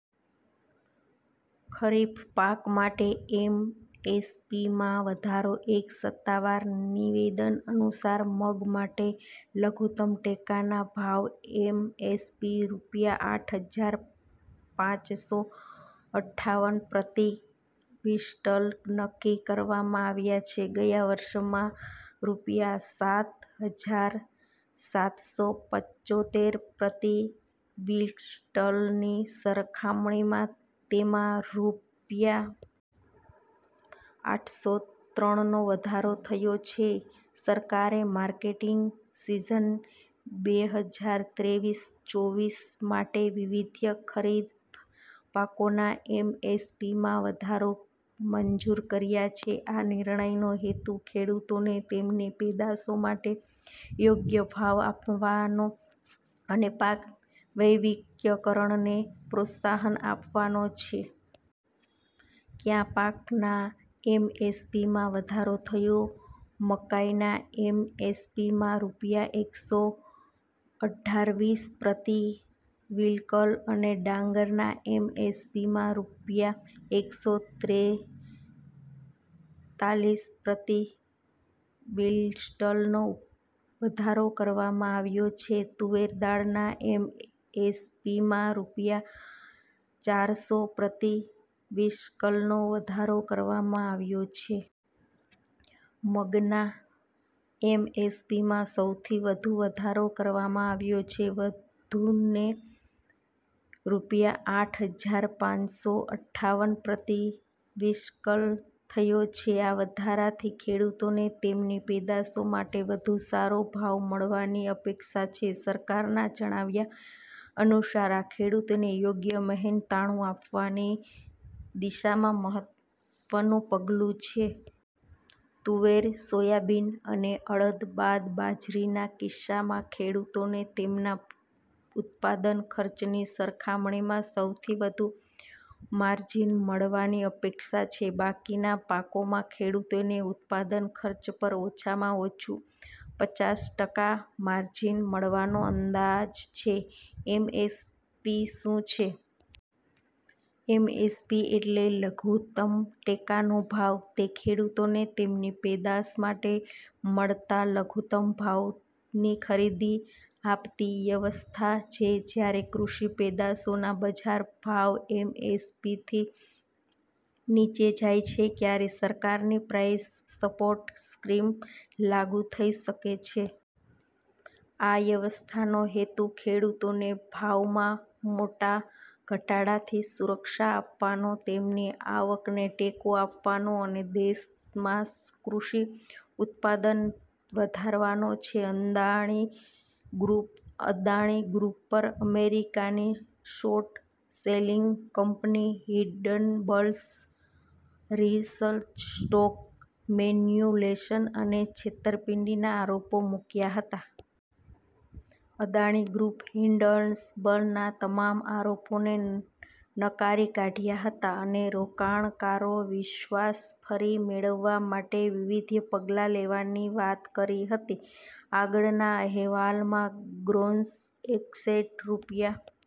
ખરીફ પાક માટે એમએસપીમાં વધારો એક સત્તાવાર નિવેદન અનુસાર, મગ માટે લઘુત્તમ ટેકાના ભાવ (એમએસપી) રૂપિયા આઠ હજાર પાંચસો અઠ્ઠાવનપ્રતિ ક્વિન્ટલ નક્કી કરવામાં આવ્યા છે. ગયા વર્ષના રૂપિયા સાત હજાર સાતસો પંચોતેર પ્રતિ ક્વિન્ટલની સરખામણીમાં તેમાં રૂપિયા આઠસો ત્રણનો વધારો થયો છે. સરકારે માર્કેટિંગ સીઝન બેહજાર ત્રેવીસ-ચોવીસ માટે વિવિધ ખરીફ પાકોના એમએસપીમાં વધારો મંજૂર કર્યા છે. આ નિર્ણયનો હેતુ ખેડૂતોને તેમની પેદાશો માટે યોગ્ય ભાવ આપવાનો અને પાક વૈવિધ્યકરણને પ્રોત્સાહન આપવાનો છે. કયા પાકના એમએસપીમાં વધારો થયો? મકાઈના એમએસપીમાં રૂપિયા એકસો અઠ્ઠાવીસ પ્રતિ ક્વિન્ટલ અને ડાંગરના એમએસપીમાં રૂપિયા એકસો ત્રેતાલીસ પ્રતિ ક્વિન્ટલનો વધારો કરવામાં આવ્યો છે. તુવેર દાળના એમએસપીમાં રૂપિયા ચારસો પ્રતિ ક્વિન્ટલનો વધારો કરવામાં આવ્યો છે. મગના એમએસપીમાં સૌથી વધુ વધારો કરવામાં આવ્યો છે, જે વધૂને રૂપિયા આઠ હજાર પાંચસો અઠાવન પ્રતિ ક્વિન્ટલ થયો છે. આ વધારાથી ખેડૂતોને તેમની પેદાશો માટે વધુ સારો ભાવ મળવાની અપેક્ષા છે. સરકારના જણાવ્યા અનુસાર, આ ખેડૂતોને યોગ્ય મહેનતાણું આપવાની દિશામાં મહત્વનું પગલું છે. તુવેર, સોયાબીન અને અડદ બાદ બાજરીના કિસ્સામાં ખેડૂતોને તેમના ઉત્પાદન ખર્ચની સરખામણીમાં સૌથી વધુ માર્જિન મળવાની અપેક્ષા છે. બાકીના પાકોમાં ખેડૂતોને ઉત્પાદન ખર્ચ પર ઓછામાં ઓછું પચાસ ટકા માર્જિન મળવાનો અંદાજ છે. એમએસપી શું છે? એમએસપી એટલે લઘુત્તમ ટેકાનો ભાવ. તે ખેડૂતોને તેમની પેદાશ માટે મળતા લઘુત્તમ ભાવની ખરીદી આપતી વ્યવસ્થા છે. જ્યારે કૃષિ પેદાશોના બજાર ભાવએમએસપીથી નીચે જાય છે, ત્યારે સરકારની પ્રાઇસ સપોર્ટ સ્કીમ લાગુ થઈ શકે છે. આ વ્યવસ્થાનો હેતુ ખેડૂતોને ભાવમાં મોટા ઘટાડાથી સુરક્ષા આપવાનો, તેમની આવકને ટેકો આપવાનો અને દેશમાં કૃષિ ઉત્પાદન વધારવાનો છે. અદાણી ગ્રૂપ અદાણી ગ્રૂપ પર અમેરિકાની short selling company Hindenburg research stock manipulation અને છેતરપિંડીના આરોપો મૂક્યા હતા. અદાણી ગ્રૂપે હિંડનબર્ગના તમામ આરોપોને નકારી કાઢ્યા હતા અને રોકાણકારોનો વિશ્વાસ ફરી મેળવવા માટે વિવિધ પગલાં લેવાની વાત કરી હતી. આગળના અહેવાલમાં ગ્રોનસ એક્સેટ રૂપિયા